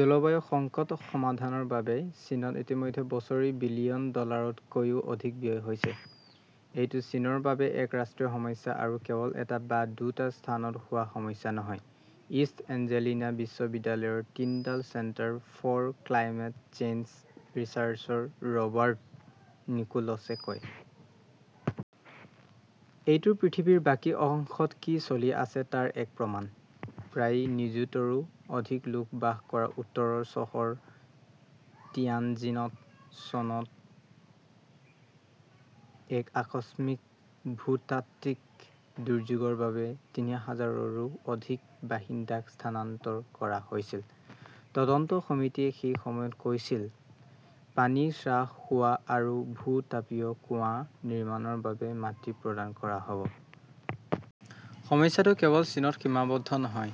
জলবায়ু সংকট সমাধানৰ বাবে চীনত ইতিমধ্যে বছৰি বিলিয়ন ডলাৰতকৈও অধিক ব্যয় হৈছে। এইটো চীনৰ বাবে এক ৰাষ্ট্ৰীয় সমস্যা আৰু কেৱল এটা বা দুটা স্থানত হোৱা সমস্যা নহয়, ইষ্ট এঞ্জেলিনা বিশ্ববিদ্যালয়ৰ Tyndall centre for climate change ৰিচাৰ্চৰ ৰবাৰ্ট নিকোলছে কয়। এইটো পৃথিৱীৰ বাকী অংশত কি চলি আছে তাৰ এক প্ৰমাণ। প্ৰায় নিযুতৰো অধিক লোক বাস কৰা উত্তৰৰ চহৰ তিয়ানজিনত চনত এক আকস্মিক ভূতাত্ত্বিক দুৰ্যোগৰ বাবে তিনি হাজাৰৰো অধিক বাসিন্দাক স্থানান্তৰ কৰা হৈছিল। তদন্ত সমিতিয়ে সেই সময়ত কৈছিল, পানী হ্ৰাস হোৱা আৰু ভূ-তাপীয় কুঁৱা নিৰ্মাণৰ বাবে মাটি প্ৰদান কৰা হ’ব। সমস্যাটো কেৱল চীনত সীমাবদ্ধ নহয়।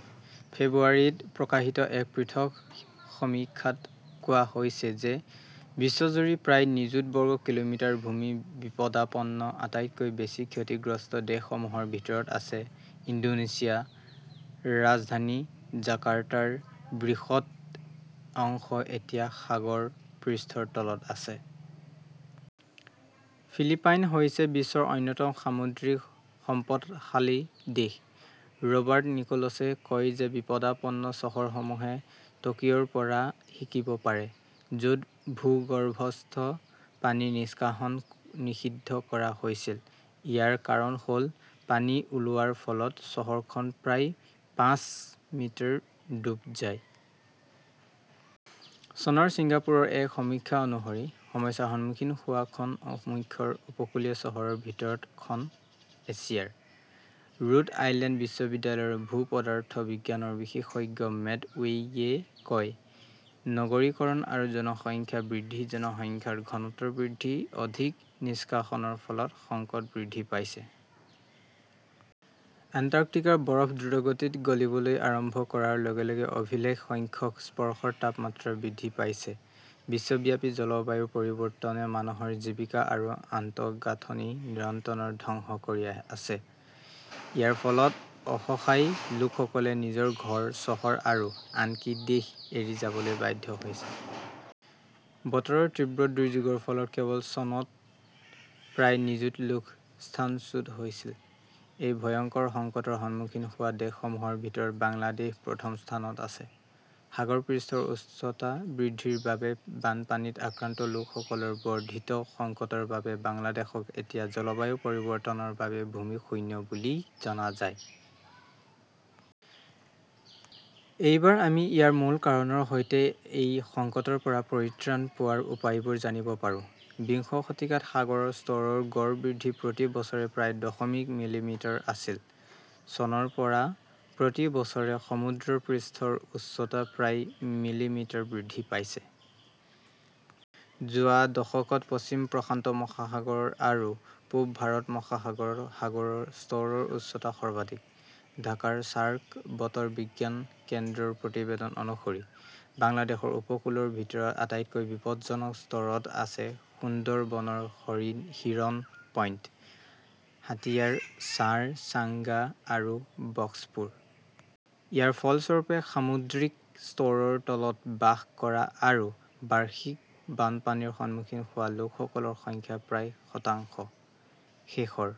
ফেব্ৰুৱাৰীত প্ৰকাশিত এক পৃথক সমীক্ষাত কোৱা হৈছে যে বিশ্বজুৰি প্ৰায় নিযুত বৰ্গ কিলোমিটাৰ ভূমি বিপদাপন্ন। আটাইতকৈ বেছি ক্ষতিগ্ৰস্ত দেশসমূহৰ ভিতৰত আছে ইণ্ডোনেছিয়া, ৰাজধানী জাকাৰ্টাৰ বৃহৎ অংশ এতিয়া সাগৰ পৃষ্ঠৰ তলত আছে। ফিলিপাইন হৈছে বিশ্বৰ অন্যতম সামুদ্ৰিক সম্পদশালী দেশ। ৰবাৰ্ট নিকোলছে কয় যে বিপদাপন্ন চহৰসমূহে টকিঅৰ পৰা শিকিব পাৰে। য'ত ভূগৰ্ভস্থ পানী নিষ্কাশন নিষিদ্ধ কৰা হৈছিল। ইয়াৰ কাৰণ হ’ল পানী ওলোৱাৰ ফলত চহৰখন প্ৰায় পাঁচ মিটাৰ ডুব যায়। চনৰ ছিংগাপুৰৰ এক সমীক্ষা অনুসৰি, সমস্যাৰ সন্মুখীন হোৱা খন মুখ্য উপকূলীয় চহৰৰ ভিতৰত খন এছিয়াৰ। ৰোড আইলেণ্ড বিশ্ববিদ্যালয়ৰ ভূ-পদাৰ্থ বিজ্ঞানৰ বিশেষজ্ঞ মেট ৱেইয়ে কয়, নগৰীকৰণ আৰু জনসংখ্যা বৃদ্ধি, জনসংখ্যাৰ ঘনত্ব বৃদ্ধি, অধিক নিষ্কাশনৰ ফলত সংকট বৃদ্ধি পাইছে।। এণ্টাৰ্কটিকাৰ বৰফ দ্ৰুতগতিত গলিবলৈ আৰম্ভ কৰাৰ লগে লগে অভিলেখ সংখ্যক স্পৰ্শৰ তাপমাত্ৰা বৃদ্ধি পাইছে বিশ্বব্যাপী জলবায়ু পৰিৱৰ্তনে মানুহৰ জীৱিকা আৰু আন্তঃগাঁথনি নিৰন্তৰ ধ্বংস কৰি আছে। ইয়াৰ ফলত অসহায় লোকসকলে নিজৰ ঘৰ, চহৰ আৰু আনকি দেশ এৰি যাবলৈ বাধ্য হৈছে। বতৰৰ তীব্ৰ দুৰ্যোগৰ ফলত কেৱল চনত প্ৰায় নিযুত লোক স্থানচুত হৈছিল। এই ভয়ংকৰ সংকটৰ সন্মুখীন হোৱা দেশসমূহৰ ভিতৰত বাংলাদেশ প্ৰথম স্থানত আছে। সাগৰ পৃষ্ঠৰ উচ্চতা বৃদ্ধিৰ বাবে বানপানীত আক্ৰান্ত লোকসকলৰ বৰ্ধিত সংকটৰ বাবে বাংলাদেশক এতিয়া জলবায়ু পৰিৱৰ্তনৰ বাবে ভূমি শূন্য বুলি জনা যায়। এইবাৰ আমি ইয়াৰ মূল কাৰণৰ সৈতে এই সংকটৰ পৰা পৰিত্ৰাণ পোৱাৰ উপায়বোৰ জানিব পাৰোঁ। বিংশ শতিকাত সাগৰৰ স্তৰৰ গড় বৃদ্ধি প্ৰতি বছৰে প্ৰায় দশমিক মিলিমিটাৰ আছিল। চনৰ পৰা প্ৰতি বছৰে সমুদ্ৰপৃষ্ঠৰ উচ্চতা প্ৰায় মিলিমিটাৰ বৃদ্ধি পাইছে। যোৱা দশকত পশ্চিম প্ৰশান্ত মহাসাগৰ আৰু পূব ভাৰত মহাসাগৰ সাগৰৰ স্তৰৰ উচ্চতা সৰ্বাধিক। ঢাকাৰ চাৰ্ক বতৰ বিজ্ঞান কেন্দ্ৰৰ প্ৰতিবেদন অনুসৰি, বাংলাদেশৰ উপকূলৰ ভিতৰত আটাইতকৈ বিপদজনক স্তৰত আছে-সুন্দৰবনৰ হৰিণ হিৰণ পইণ্ট, হাতিয়াৰ চাৰ চাঙ্গা আৰু কক্সপুৰ। ইয়াৰ ফলস্বৰূপে, সামুদ্ৰিক স্তৰৰ তলত বাস কৰা আৰু বাৰ্ষিক বানপানীৰ সন্মুখীন হোৱা লোকসকলৰ সংখ্যা প্ৰায় শতাংশ। শেষৰ